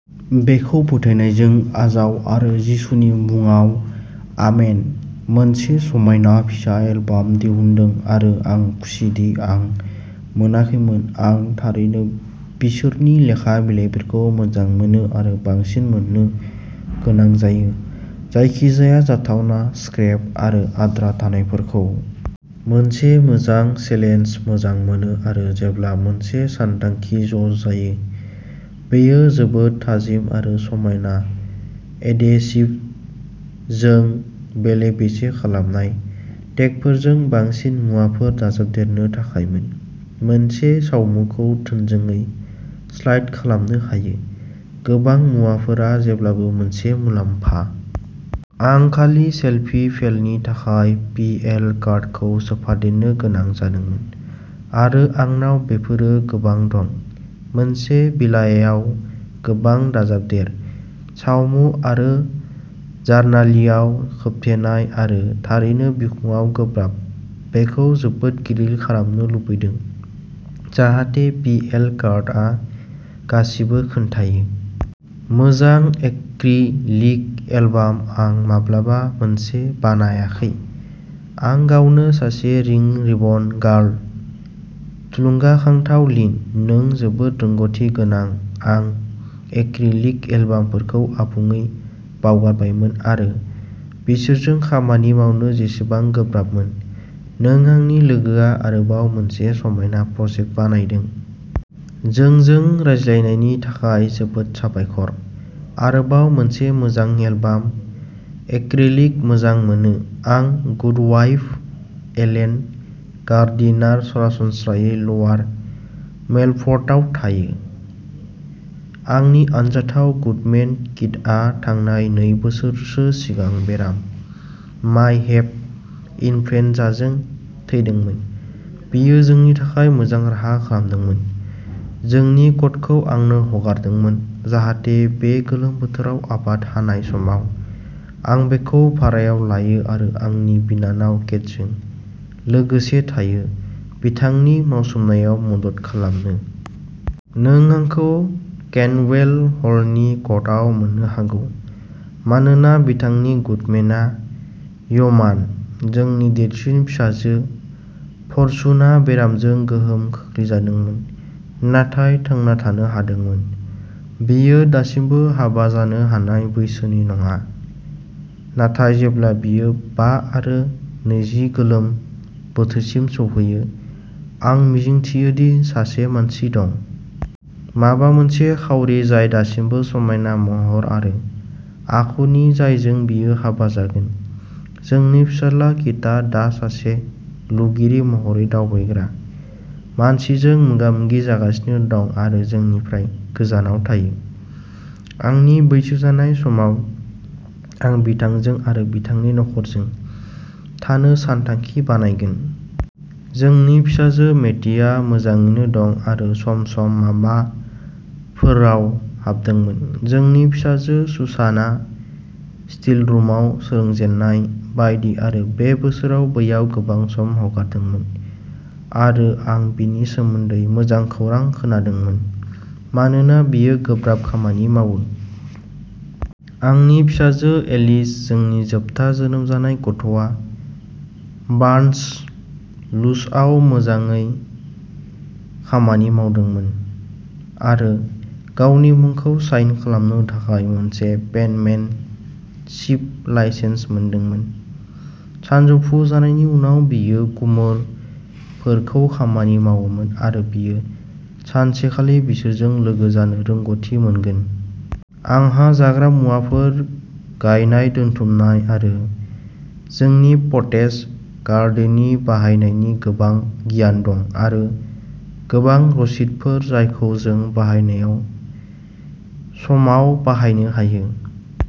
बेखौ फोथायनायजों आजाव आरो जिसुनि मुङाव आमेन। मोनसे समायना फिसा एलबाम दिहुनदों आरो आं खुसिदि आं मोनाखैमोन। आं थारैनो बिसोरनि लेखा बिलाइफोरखौ मोजां मोनो आरो बांसिन मोननो गोनां जायो। जायखिजाया जाथावना स्क्रेप आरो आद्रा थानायफोरखौ। मोनसे मोजां चेलेन्ज मोजां मोनो आरो जेब्ला मोनसे सानथांखि ज' जायो। बेयो जोबोद थाजिम आरो समायना एडेसिभजों बेले-बेजे खालामनाय. टेगफोरजों बांसिन मुवाफोर दाजाबदेरनो थाखायमोन। मोनसे सावमुखौ थोंजोङै स्लाइड खालामनो हायो। गोबां मुवाफोरा जेब्लाबो मोनसे मुलाम्फा। आं खालि सेलफि फेलनि थाखाय पिएल कार्डखौ सोफादेरनो गोनां जादोंमोन। आरो आंनाव बेफोरो गोबां दं। मोनसे बिलाइयाव गोबां दाजाबदेर। सावमु आरो जार्नालिङाव खोबथेनाय आरो थारैनो बिखुंआ गोब्राब। बेखौ जोबोद गिलिर खालामनो लुबैदों जाहाथे पि एल कार्डआ गासिबो खोन्थायो। मोजां एक्रिलिक एलबाम आं माब्लाबा मोनसे बानायाखै। आं गावनो सासे रिं रिबन गार्ल। थुलुंगाखांथाव लिन, नों जोबोद रोंग'थि गोनां आं एक्रिलिक एलबामफोरखौ आबुङै बावगारबायमोन आरो बिसोरजों खामानि मावनो बेसेबां गोब्राबमोन, नों आंनि लोगोआ आरोबाव मोनसे समायना प्रजेक्ट बानायदों। जोंजों रानलायनायनि थाखाय जोबोद साबायखर। आरोबाव मोनसे मोजां एलबाम, एक्रिलिक मोजां मोनो आं गुडवाइफ एलेन गार्डिनार, सरासनस्रायै ल'वार मेलफर्डआव थायो। आंनि अनजाथाव गुडमेन किटआ थांनाय नै बोसोरसो सिगां बेराम, मायहेप इन्फ्लुयेनजाजों थैदोंमोन। बियो जोंनि थाखाय मोजां राहा खालामदोंमोन, जोंनि क'टखौ आंनो हगारदोंमोन जाहाथे बे गोलोम बोथोराव आबाद हानाय समाव आं बेखौ भारायाव लायो आरो आंनि बिनानाव केटजों लोगोसे थायो बिथांनि मावसोमनायाव मदद खालामनो। नों आंखौ केन्टवेल हलनि क'टआव मोननो हागौ, मानोना बिथांनि गुडमेनआ य'मान। जोंनि देरसिन फिसाजो फर्चुनआ बेरामजों गोहोम खोख्लैजादोंमोन, नाथाय थांना थानो हादोंमोन। बियो दासिमबो हाबा जानो हानाय बैसोनि नङा, नाथाय जेब्ला बियो बा आरो नैजि गोलोम बोथोरसिम सौहैयो, आं मिजिंथियो दि सासे मानसि दं। माबा मोनसे खाउरि जाय दासिमबो समायना महर आरो आखुनि जायजों बियो हाबा जागोन। जोंनि फिसाज्ला किटआ दा सासे लुगिरि महरै दावबायग्रा मानसिजों मोगामोगि जागासिनो दं आरो जोंनिफ्राय गोजानाव थायो। आंनि बैसो जानाय समाव आं बिथांजों आरो बिथांनि नख'रजों थानो सानथांखि बानायगोन। जोंनि फिसाजो मेटिआ मोजाङैनो दं आरो सम सम मामारफोराव हाबदोंमोन। जोंनि फिसाजो सुसानाआ स्टिलरुमाव सोलोंजेननाय बायदि आरो बे बोसोराव बैयाव गोबां सम हगारदोंमोन आरो आं बिनि सोमोन्दै मोजां खौरां खोनादोंमोन मानोना बियो गोब्राब खामानि मावो। आंनि फिसाजो एलिस, जोंनि जोबथा जोनोम जानाय गथ'आ बार्नसचुलाव मोजाङै खामानि मावदोंमोन, आरो गावनि मुंखौ साइन खालामनो थाखाय मोनसे पेनमेनशिप लाइसेन्स मोनदोंमोन। सानजौफु जानायनि उनाव बियो कुमोरफोरजों खामानि मावोमोन, आरो बियो सानसेखालि बिसोरजों लोगो जानो रोंग'थि मोनगोन। आंहा जाग्रा मुवाफोर गायनाय दोनथुमनाय आरो जोंनि पटेज गार्डेननि बाहायनायनि गोबां गियान दं, आरो गोबां रसिदफोर जायखौ जों बाहायनाय समाव बाहायनो हायो।